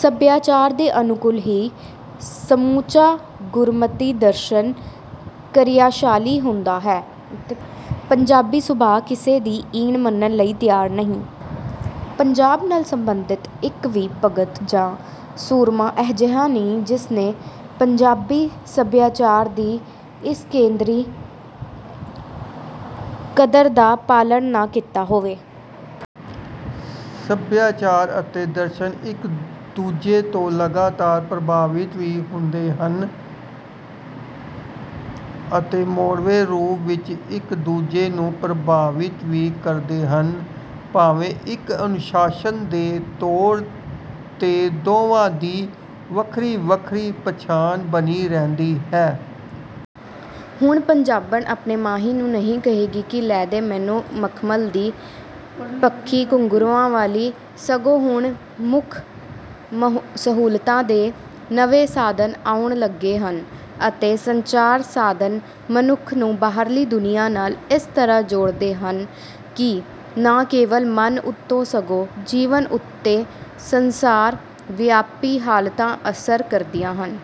ਸੱਭਿਆਚਾਰ ਦੇ ਅਨੁਕੂਲ ਹੀ ਸਮੁੱਚਾ ਗੁਰਮਤਿ ਦਰਸ਼ਨ ਕਿਰਿਆਸ਼ੀਲ ਹੁੰਦਾ ਹੈ। ਪੰਜਾਬੀ ਸੁਭਾਅ ਕਿਸੇ ਦੀ ਈਨ ਮੰਨਣ ਲਈ ਤਿਆਰ ਨਹੀਂ। ਪੰਜਾਬ ਨਾਲ ਸੰਬੰਧਿਤ ਇੱਕ ਵੀ ਭਗਤ ਜਾਂ ਸੂਰਮਾ ਅਜਿਹਾ ਨਹੀਂ ਜਿਸ ਨੇ ਪੰਜਾਬੀ ਸੱਭਿਆਚਾਰ ਦੀ ਇਸ ਕੇਂਦਰੀ ਕਦਰ ਦਾ ਪਾਲਣ ਨਾ ਕੀਤਾ ਹੋਵੇ। ਸੱਭਿਆਚਾਰ ਅਤੇ ਦਰਸ਼ਨ ਇੱਕ-ਦੂਜੇ ਤੋਂ ਲਗਾਤਾਰ ਪ੍ਰਭਾਵਿਤ ਵੀ ਹੁੰਦੇ ਹਨ ਅਤੇ ਮੋੜਵੇਂ ਰੂਪ ਵਿੱਚ ਇੱਕ-ਦੂਜੇ ਨੂੰ ਪ੍ਰਭਾਵਿਤ ਵੀ ਕਰਦੇ ਹਨ, ਭਾਵੇਂ ਇੱਕ ਅਨੁਸ਼ਾਸਨ ਦੇ ਤੌਰ 'ਤੇ ਦੋਵਾਂ ਦੀ ਵੱਖਰੀ-ਵੱਖਰੀ ਪਛਾਣ ਬਣੀ ਰਹਿੰਦੀ ਹੈ। ਹੁਣ ਪੰਜਾਬਣ ਆਪਣੇ ਮਾਹੀ ਨੂੰ ਨਹੀਂ ਕਹੇਗੀ ਕਿ, "ਲੈ ਦੇ ਮੈਨੂੰ ਮਖਮਲ ਦੀ ਪੱਖੀ ਘੁੰਗਰੂਆਂ ਵਾਲੀ।" ਸਗੋਂ ਹੁਣ ਸੁਖ-ਸਹੂਲਤਾਂ ਦੇ ਨਵੇਂ ਸਾਧਨ ਆਉਣ ਲੱਗੇ ਹਨ ਅਤੇ ਸੰਚਾਰ ਸਾਧਨ ਮਨੁੱਖ ਨੂੰ ਬਾਹਰਲੀ ਦੁਨੀਆ ਨਾਲ ਇਸ ਤਰ੍ਹਾਂ ਜੋੜ ਰਹੇ ਹਨ ਕਿ ਨਾ ਕੇਵਲ ਮਨ ਉੱਤੇ, ਸਗੋਂ ਜੀਵਨ ਉੱਤੇ ਸੰਸਾਰ-ਵਿਆਪੀ ਹਾਲਤਾਂ ਅਸਰ ਕਰਦੀਆਂ ਹਨ।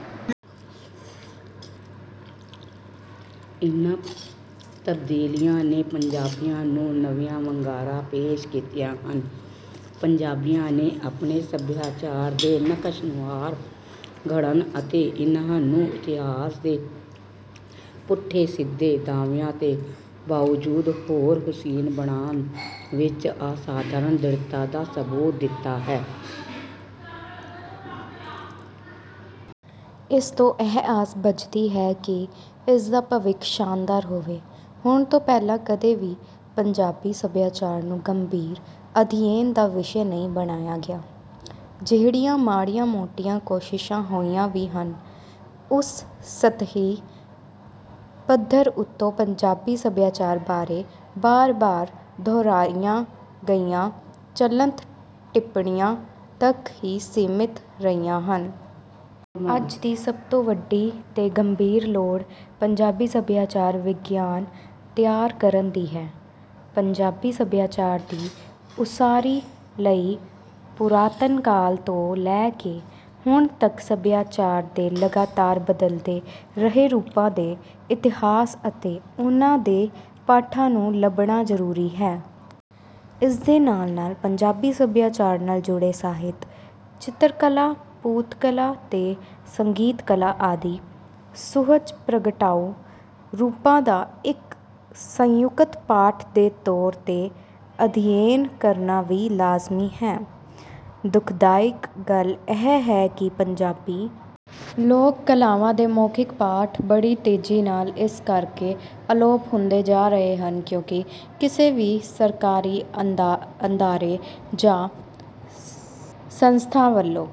ਇਹਨਾਂ ਤਬਦੀਲੀਆਂ ਨੇ ਪੰਜਾਬੀਆਂ ਨੂੰ ਨਵੀਆਂ ਵੰਗਾਰਾਂ ਪੇਸ਼ ਕੀਤੀਆਂ ਹਨ। ਪੰਜਾਬੀਆਂ ਨੇ ਆਪਣੇ ਸੱਭਿਆਚਾਰ ਦੇ ਨਕਸ਼-ਨੁਹਾਰ ਘੜਨ ਅਤੇ ਇਹਨਾਂ ਨੂੰ ਇਤਿਹਾਸ ਦੇ ਪੁੱਠੇ-ਸਿੱਧੇ ਦਬਾਵਾਂ ਦੇ ਬਾਵਜੂਦ ਹੋਰ ਹੁਸੀਨ ਬਣਾਉਣ ਵਿੱਚ ਅਸਾਧਾਰਨ ਦ੍ਰਿੜਤਾ ਦਾ ਸਬੂਤ ਦਿੱਤਾ ਹੈ। ਇਸ ਤੋਂ ਇਹ ਆਸ ਬੱਝਦੀ ਹੈ ਕਿ ਇਸ ਦਾ ਭਵਿੱਖ ਸ਼ਾਨਦਾਰ ਹੋਵੇ। ਹੁਣ ਤੋਂ ਪਹਿਲਾਂ ਕਦੇ ਵੀ ਪੰਜਾਬੀ ਸਭਿਆਚਾਰ ਨੂੰ ਗੰਭੀਰ ਅਧਿਐਨ ਦਾ ਵਿਸ਼ਾ ਨਹੀਂ ਬਣਾਇਆ ਗਿਆ। ਜਿਹੜੀਆਂ ਮਾੜੀਆਂ-ਮੋਟੀਆਂ ਕੋਸ਼ਿਸ਼ਾਂ ਹੋਈਆਂ ਵੀ ਹਨ, ਉਹ ਸਤਹੀ ਪੱਧਰ ਉੱਤੇ ਪੰਜਾਬੀ ਸਭਿਆਚਾਰ ਬਾਰੇ ਬਾਰ-ਬਾਰ ਦੁਹਰਾਈਆਂ ਗਈਆਂ ਚਲੰਤ ਟਿੱਪਣੀਆਂ ਤੱਕ ਹੀ ਸੀਮਿਤ ਰਹੀਆਂ ਹਨ। ਅੱਜ ਦੀ ਸਭ ਤੋਂ ਵੱਡੀ ਤੇ ਗੰਭੀਰ ਲੋੜ ਪੰਜਾਬੀ ਸਭਿਆਚਾਰ-ਵਿਗਿਆਨ ਤਿਆਰ ਕਰਨ ਦੀ ਹੈ। ਪੰਜਾਬੀ ਸਭਿਆਚਾਰ ਦੀ ਉਸਾਰੀ ਲਈ ਪੁਰਾਤਨ ਕਾਲ ਤੋਂ ਲੈ ਕੇ ਹੁਣ ਤੱਕ ਸਭਿਆਚਾਰ ਦੇ ਲਗਾਤਾਰ ਬਦਲਦੇ ਰਹੇ ਰੂਪਾਂ ਦੇ ਇਤਿਹਾਸ ਅਤੇ ਉਹਨਾਂ ਦੇ ਪਾਠਾਂ ਨੂੰ ਲੱਭਣਾ ਜ਼ਰੂਰੀ ਹੈ। ਇਸਦੇ ਨਾਲ-ਨਾਲ ਪੰਜਾਬੀ ਸਭਿਆਚਾਰ ਨਾਲ ਜੁੜੇ ਸਾਹਿਤ, ਚਿਤਰਕਲਾ, ਬੁੱਤਕਲਾ ਤੇ ਸੰਗੀਤ-ਕਲਾ ਆਦਿ ਸੁਹਜ ਪ੍ਰਗਟਾਊ ਰੂਪਾਂ ਦਾ ਇੱਕ ਸੰਯੁਕਤ ਪਾਠ ਦੇ ਤੌਰ 'ਤੇ ਅਧਿਐਨ ਕਰਨਾ ਵੀ ਲਾਜ਼ਮੀ ਹੈ। ਦੁਖਦਾਇਕ ਗੱਲ ਇਹ ਹੈ ਕਿ ਪੰਜਾਬੀ ਲੋਕ ਕਲਾਵਾਂ ਦੇ ਮੌਖਿਕ ਪਾਠ ਬੜੀ ਤੇਜ਼ੀ ਨਾਲ ਇਸ ਕਰਕੇ ਅਲੋਪ ਹੁੰਦੇ ਜਾ ਰਹੇ ਹਨ, ਕਿਉਂਕਿ ਕਿਸੇ ਵੀ ਸਰਕਾਰੀ ਅਦਾਰੇ ਜਾਂ ਸੰਸਥਾ ਵੱਲੋਂ